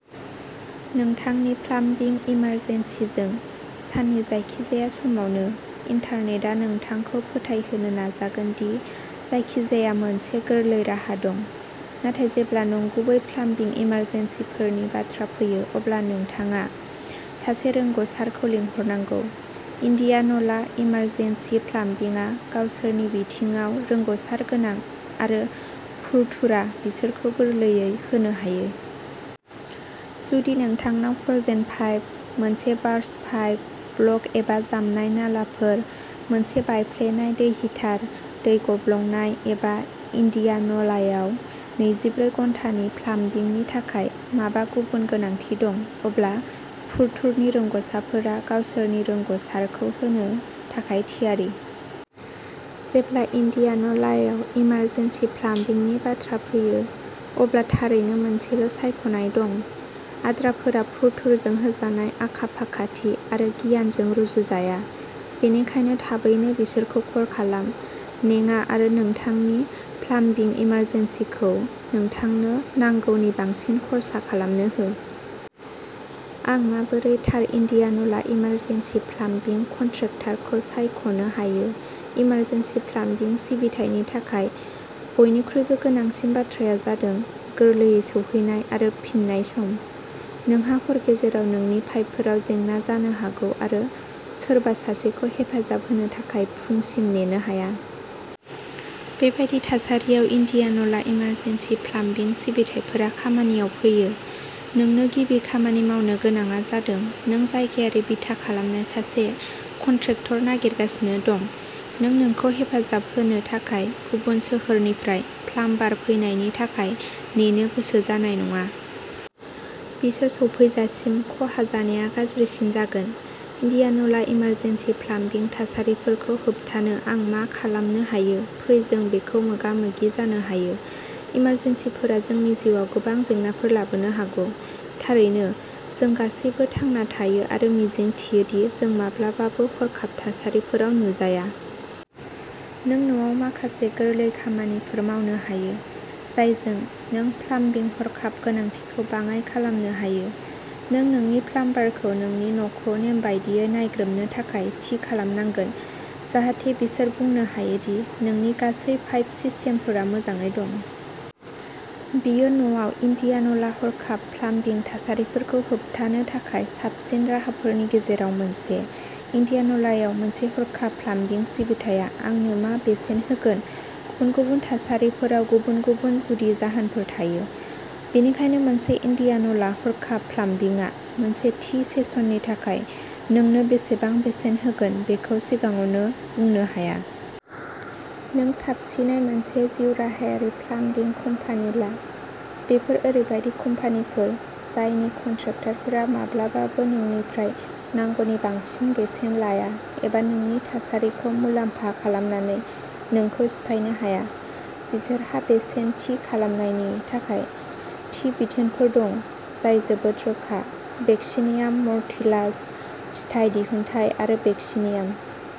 नोंथांनि प्लाम्बिं इमारजेन्सिजों, साननि जायखिजाया समावनो, इन्टारनेटआ नोंथांखौ फोथायहोनो नाजागोन दि जायखिजाया मोनसे गोरलै राहा दं, नाथाय जेब्ला नंगुबै प्लाम्बिं इमारजेन्सिफोरनि बाथ्रा फैयो, अब्ला नोंथाङा सासे रोंग'सारखौ लिंहरनांगौ। इन्डियान'ला इमारजेन्सि प्लाम्बिंआ गावसोरनि बिथिङाव रोंग'सार गोनां, आरो फुरथुरा बिसोरखौ गोरलैयै होनो हायो। जुदि नोंथांनाव फ्र'जेन पाइप, मोनसे बारस्ट पाइप, ब्ल'क्ड एबा जामनाय नालाफोर, मोनसे बायफ्लेनाय दै हिटार, दै गब्लंनाय, एबा इन्डियान' लायाव नैजिब्रै घन्टानि प्लाम्बिंनि थाखाय माबा गुबुन गोनांथि दं, अब्ला फुरथुरनि रोंग'सारफोरा गावसोरनि रोंग' सारखौ होनो थाखाय थियारि। जेब्ला इन्डियान' लायाव इमारजेन्सि प्लाम्बिंनि बाथ्रा फैयो, अब्ला थारैनो मोनसेल' सायख'नाय दं। आद्राफोरा फुरथुरजों होजानाय आखा-फाखाथि आरो गियानजों रुजुजाया, बेनिखायनो थाबैनो बिसोरखौ कल खालाम। नेङा आरो नोंथांनि प्लाम्बिं इमारजेन्सिखौ नोंथांनो नांगौनि बांसिन खर्सा खालामनो हो। आं माबोरै थार इन्डियान'ला इमारजेन्सि प्लाम्बिं कन्ट्रेक्टरखौ सायख'नो हायो इमारजेन्सि प्लाम्बिं सिबिथायनि थाखाय, बयनिख्रुइबो गोनांसिन बाथ्राया जादों गोरलैयै सौहैनाय आरो फिननाय सम। नोंहा हर गेजेराव नोंनि पाइपफोराव जेंना जानो हागौ आरो सोरबा सासेखौ हेफाजाब होनो थाखाय फुंसिम नेनो हाया। बेबादि थासारियाव, इन्डियान'ला इमारजेन्सि प्लाम्बिं सिबिथाइफोरा खामानियाव फैयो। नोंनो गिबि खामानि मावनो गोनांआ जादों नों जायगायारि बिथा खालामनाय सासे कन्ट्रेक्टर नागिरगासिनो दं। नों नोंखौ हेफाजाब होनो थाखाय गुबुन सोहोरनिफ्राय प्लाम्बार फैनायनि थाखाय नेनो गोसो जानाय नङा। बिसोर सौफैजासिम, खहा जानाया गाज्रिसिन जागोन। इन्डियान'ला इमारजेन्सि प्लाम्बिं थासारिफोरखौ होबथानो आं मा खालामनो हायो फै जों बेखौ मोगा-मोगि जानो हायो, इमारजेन्सिफोरा जोंनि जिउआव गोबां जेंनाफोर लाबोनो हागौ। थारैनो, जों गासैबो थांना थायो आरो मिजिंथियो दि जों माब्लाबाबो हरखाब थासारिफोराव नुजाया। नों न'आव माखासे गोरलै खामानिफोर मावनो हायो, जायजों नों प्लाम्बिं हरखाब गोनांथिखौ बाङाइ खालामनो हायो। नों नोंनि प्लाम्बारखौ नोंनि न'खौ नेमबादियै नायग्रोमनो थाखाय थि खालामनांगोन जाहाथे बिसोर बुंनो हायो दि नोंनि गासैबो पाइप सिस्टेमफोरा मोजाङै दं। बेयो न'आव इन्डियान'ला हरखाब प्लाम्बिं थासारिफोरखौ होबथानो थाखाय साबसिन राहाफोरनि गेजेराव मोनसे। इन्डियान' लायाव मोनसे हरखाब प्लाम्बिं सिबिथाया आंनो मा बेसेन होगोन गुबुन गुबुन थासारिफोराव गुबुन गुबुन गुदि जाहोनफोर थायो। बेनिखायनो, मोनसे इन्डियान'ला हरखाब प्लाम्बिंआ मोनसे थि सेसननि थाखाय नोंनो बेसेबां बेसेन होगोन बेखौ सिगाङावनो बुंनो हाया। नों साबसिनै मोनसे जिउराहायारि प्लाम्बिं कम्पानि ला। बेफोर ओरैबायदि कम्पानिफोर जायनि कन्ट्राक्टरफोरा माब्लाबाबो नोंनिफ्राय नांगौनि बांसिन बेसेन लाया एबा नोंनि थासारिखौ मुलाम्फा खालामनानै नोंखौ सिफायनो हाया। बिसोरहा बेसेन थि खालामनायनि थाखाय थि बिथोनफोर दं, जाय जोबोद रोखा। भेक्सिनियाम मर्टिलास फिथाइ दिहुनथाय आरो वैक्सीनियाम।